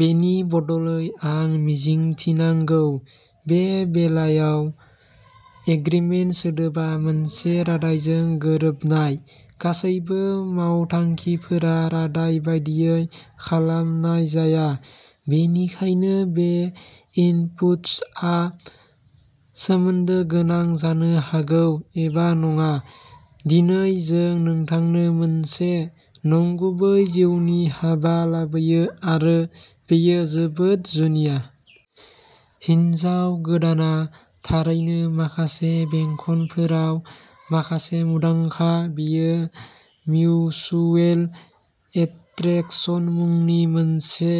बेनि बदलै आं मिजिंथिनांगौ। बे बेलायाव, एग्रिमेन्ट सोदोबा मोनसे रादायजों गोरोबनाय। गासैबो मावथांखिफोरा रादाय बायदियै खालामनाय जाया, बेनिखायनो बे इनपुट्सआ सोमोन्दो गोनां जानो हागौ एबा नङा। दिनै जों नोंथांनो मोनसे नंगुबै जिउनि हाबा लाबोयो आरो बेयो जोबोद जुनिया। हिन्जाव गोदानआ थारैनो माखासे बेंखनफोराव सासे मुंदांखा। बियो मिउचुएल एट्रेक्शन मुंनि मोनसे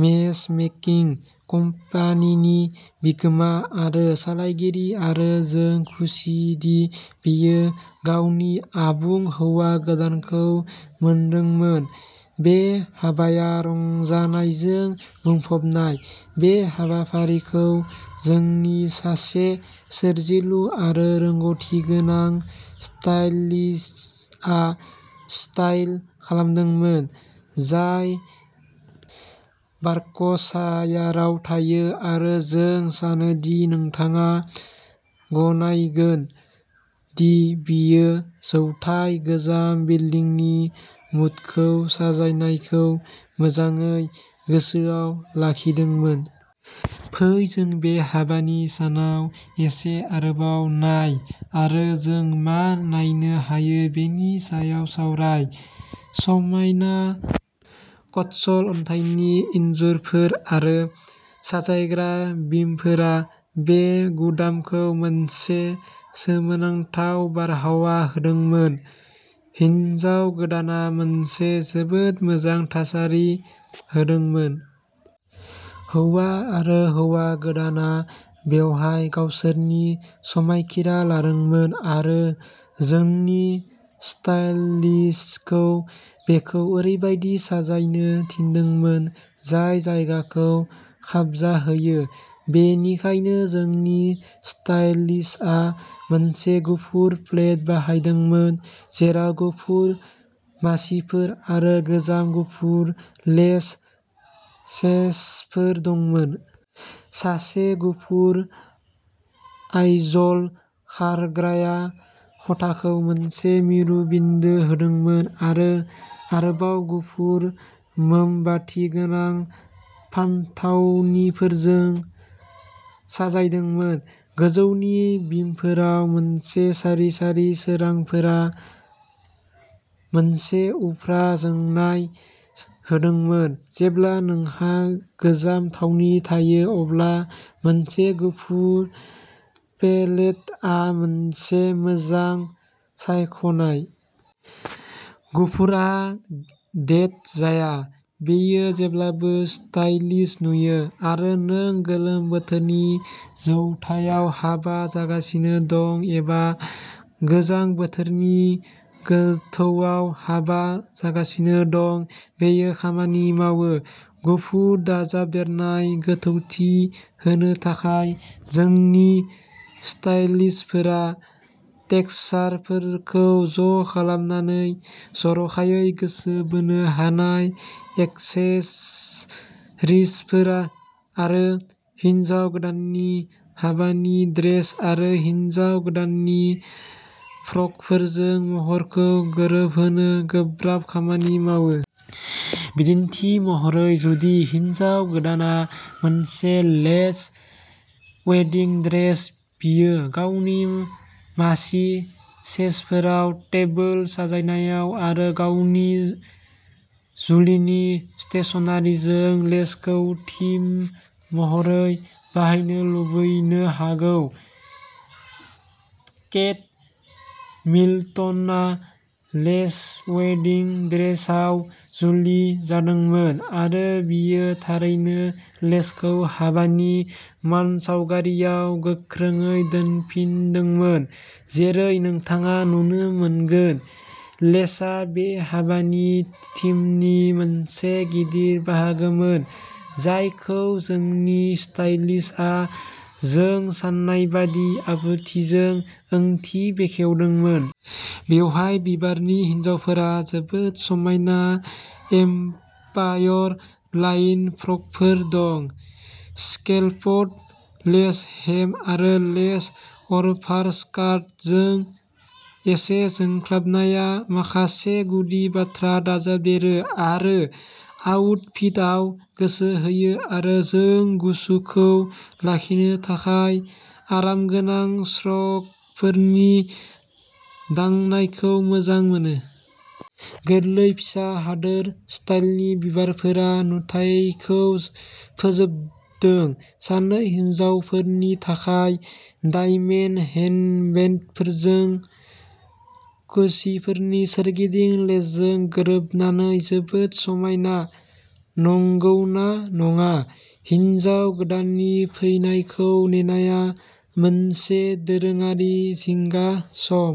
मेच मेकिंग कम्पानिनि बिगोमा आरो सालायगिरि आरो जों खुसिदि बियो गावनि आबुं हौवा गोदानखौ मोनदोंमोन। बे हाबाया रंजानायजों बुंफबनाय। बे हाबाफारिखौ जोंनि सासे सोरजिलु आरो रोंग'थिगोनां स्टाइलिस्टआ स्टाइल खालामदोंमोन, जाय बार्कशायाराव थायो आरो जों सानो दि नोंथाङा गनायगोन दि बियो जौथाय गोजाम बिल्दिंनि मुडखौ साजायनायखौ मोजाङै गोसोआव लाखिदोंमोन। फै जों बे हाबानि सानाव एसे आरोबाव नाय आरो जों मा नायनो हायो बेनि सायाव सावराय। समायना कटस्वल्ड अन्थाइनि इनजुरफोर आरो साजायग्रा बिमफोरा बे गुदामखौ मोनसे सोमोनांथाव बारहावा होदोंमोन। हिन्जाव गोदानआ मोनसे जोबोद मोजां थासारि होदोंमोन। हौवा आरो हौवा गोदानआ बेवहाय गावसोरनि समायखिरा लादोंमोन आरो जोंनि स्टाइलिस्टखौ बेखौ ओरैबायदि साजायनो थिनदोंमोन जाय जायगाखौ खाबजाहोयो। बेनिखायनो जोंनि स्टाइलिस्टआ मोनसे गुफुर पेलेट बाहायदोंमोन, जेराव गुफुर मासिफोर आरो गोजाम गुफुर लेस सेशफोर दंमोन। सासे गुफुर आइजल खारग्राया खथाखौ मोनसे मिरु बिन्दो होदोंमोन आरो आरोबाव गुफुर मोमबाति गोनां फानथावनिफोरजों साजायजादोंमोन। गोजौनि बिमफोराव मोनसे सारि सारि सोरांफोरा मोनसे उफ्रा जोंनाय होदोंमोन। जेब्ला नोंहा गोजाम थावनि थायो अब्ला मोनसे गुफुर पेलेटआ मोनसे मोजां सायख'नाय। गुफुरआ डेट जाया, बेयो जेब्लाबो स्टाइलिश नुयो आरो नों गोलोम बोथोरनि जौथायाव हाबा जागासिनो दं एबा गोजां बोथोरनि गोथौआव हाबा जागासिनो दं, बेयो खामानि मावो। गुफुर दाजाबदेरनाय गोथौथि होनो थाखाय, जोंनि स्टाइलिस्टफोरा टेक्सचारफोरखौ ज'खालामनानै, जर'खायै गोसो बोनो हानाय एक्सेसरिजफोर आरो हिनजाव गोदाननि हाबानि ड्रेस आरो हिन्जाव गोदाननि फ्रकफोरजों महरखौ गोरोबहोनो गोब्राब खामानि मावो। बिदिन्थि महरै, जुदि हिनजाव गोदानहा मोनसे लेस वेडिंग ड्रेस, बियो गावनि मासि सेशफोराव, टेबोल साजायनायाव आरो गावनि जुलिनि स्टेशनारिजों लेसखौ थीम महरै बाहायनो लुबैनो हागौ। केट मिलटनआ लेस वेडिंग ड्रेसाव जुलि जादोंमोन आरो बियो थारैनो लेसखौ हाबानि मानसावगारियाव गोख्रोंयै दोनफिनदोंमोन जेरै नोंथाङा नुनो मोनगोन, लेसआ बे हाबानि थिमनि मोनसे गिदिर बाहागोमोन जायखौ जोंनि स्टाइलिस्टआ जों सान्नायबादि आबुंथिजों ओंथि बेखेवदोंमोन। बेवहाय बिबारनि हिनजावफोरहा जोबोद समायना एम्पायर लाइन फ्रकफोर दं, स्केलपड लेस हेम आरो लेस अभारस्कार्टजों। एसे जोंख्लाबनाया माखासे गुदि बाथ्रा दाजाबदेरो आरो आउटफिटआव गोसो होयो आरो जों गुसुखौ लाखिनो थाखाय आरामगोनां श्रगफोरनि दांनायखौ मोजां मोनो। गोरलै फिसा हादोर स्टाइलनि बिबारफोरा नुथायखौ फोजोबदों, सानै हिनजावफोरनि थाखाय डायमेनट हेडबेन्डफोरजों। कुर्सिफोरनि सोरगिदिं लेसजों गोरोबनानै जोबोद समायना, नंगौना नङा? हिन्जाव गोदाननि फैनायखौ नेनाया मोनसे दोरोङारि जिंगा सम।